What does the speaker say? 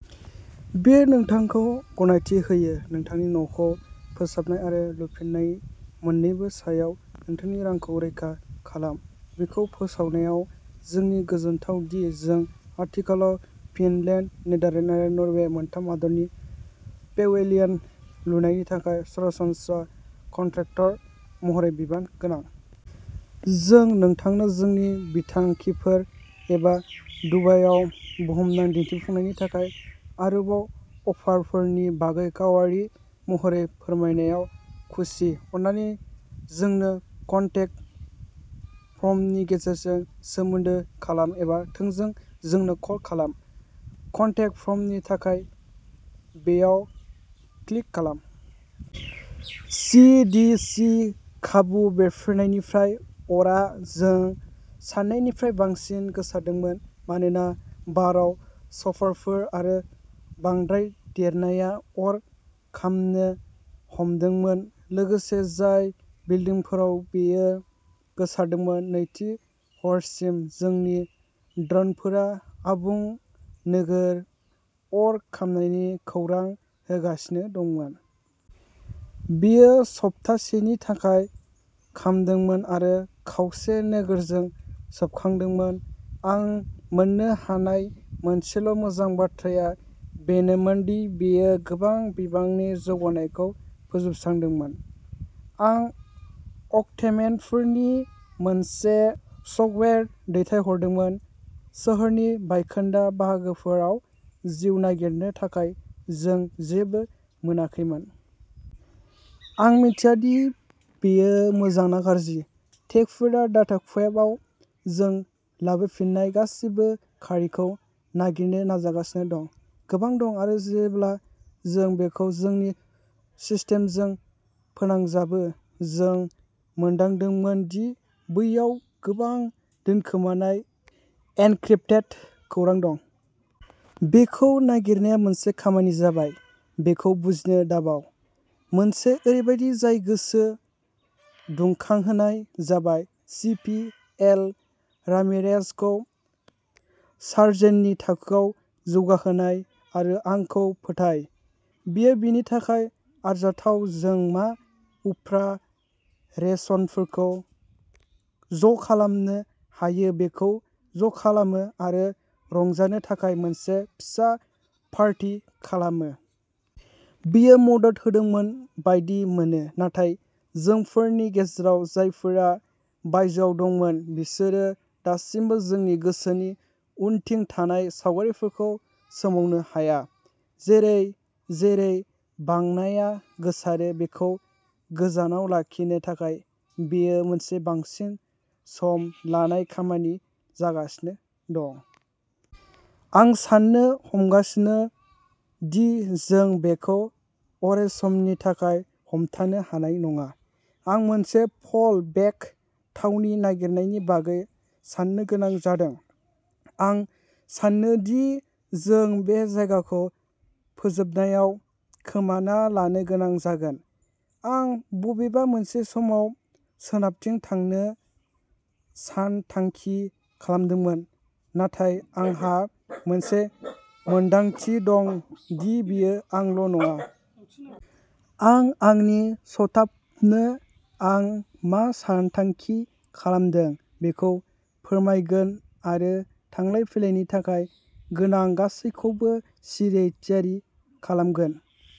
बेयो नोंथांखौ गनायथि होयो। नोंथांनि न'खौ फोसाबनाय आरो लुफिननाय मोन्नैनिबो सायाव नोंथांनि रांखौ रैखा खालाम। बेखौ फोसावनायाव जोंनि गोजोनथाव दि, जों आथिखालाव फिनलेन्ड, नेदारलेन्ड आरो नर्वे मोनथाम हादोरनि पेवेलियन लुनायनि थाखाय सरासनस्रा कन्ट्रेक्टर महरै बिबान गोनां। जों नोंथांनो जोंनि बिथांखिफोर एबा दुबाइआव बुहुमनां दिन्थिफुंनायनि थाखाय आरोबाव अफारफोरनि बागै गावारि महरै फोरमायनायाव खुसि। अन्नानै जोंनो कन्टेक फर्मनि गेजेरजों सोमोन्दो खालाम एबा थोंजों जोंनो कल खालाम। कन्टेक फर्मनि थाखाय, बेयाव क्लिक खालाम! सीडीसी खाबु बेरफ्रुनायनिफ्राय अरआ जों सान्नायनिफ्राय बांसिन गोसारदोंमोन, मानोना बाराव स्परफोर आरो बांद्राय देरनाया अर खामनो हमदोंमोन, लोगोसे जाय बिल्डिंफोराव बेयो गोसारदोंमोन। नैथि हरसिम जोंनि ड्रोनफोरा आबुं नोगोर अर खामनायनि खौरां होगासिनो दंमोन। बेयो सप्तासेनि थाखाय खामदोंमोन आरो खावसे नोगोरखौ सोबखांदोंमोन। आं मोन्नो हानाय मोनसेल'मोजां बाथ्राया बेनोमोन दि बेयो गोबां बिबांनि जौगानायखौ फोजोबस्रांदोंमोन, आं अट'मेटनफोरनि मोनसे स्कवाड्रन दैथायहरदोंमोन। सोहोरनि बायखोन्दा बाहागोफोराव जिउ नागिरनो थाखाय। जों जेबो मोनाखैमोन। आं मिथिया दि बेयो मोजां ना गाज्रि। टेकफोरा डाटाक्युबआव जों लाबोफिन्नाय गासिबो खारिखौ नागिरनो नाजागासिनो दं। गोबां दं, आरो जेब्ला जों बेखौ जोंनि सिस्टेमजों फोनांजाबो, जों मोनदांदोंमोन दि बैयाव गोबां दोनखोमानाय एनक्रिप्टेड खौरां दं। बेखौ नागिरनाया मोनसे खामानि जाबाय, बेखौ बुजिनो दाबाव। मोनसे ओरैबायदि जाय गोसो दुंखांहोनाय जाबाय सि. पि. एल. रामिरेजखौ सार्जेन्टनि थाखोआव जौगाहोनाय। आरो आंखौ फोथाय, बियो बेनि थाखाय आरजाथाव। जों मा उफ्रा रेशनफोरखौ ज'खालामनो हायो बेखौ ज'खालामो आरो रंजानो थाखाय मोनसे फिसा पार्टी खालामो। बेयो मदद होदोंमोन बायदि मोनो, नाथाय जोंफोरनि गेजेराव जायफोरा बायजोआव दंमोन बिसोरो दासिमबो जोंनि गोसोनि उनथिं थानाय सावगारिफोरखौ सोमावनो हाया। जेरै-जेरै बांनाया गोसारो,। बेखौ गोजानाव लाखिनो थाखाय बेयो मोनसे बांसिन सम लानाय खामानि जागासिनो दं। आं साननो हमगासिनो दि जों बेखौ अरायसमनि थाखाय हमथानो हानाय नङा। आं मोनसे फ'ल बेक थावनि नागिरनायनि बागै साननो गोनां जादों। आं सानो दि जों बे जायगाखौ जोबनायाव खोमाना लानो गोनां जागोन। आं बबेबा मोनसे समाव सोनाबथिं थांनो सानथांखि खालामदोंमोन, नाथाय आंहा मोनसे मोनदांथि दं दि बेयो आंल'नङा। आं आंनि स्टाफनो आं मा सानथांखि खालामदों बेखौ फोरमायगोन आरो थांलाय-फैलायनि थाखाय गोनां गासैबोखौ सिरियै थियारि खालामगोन।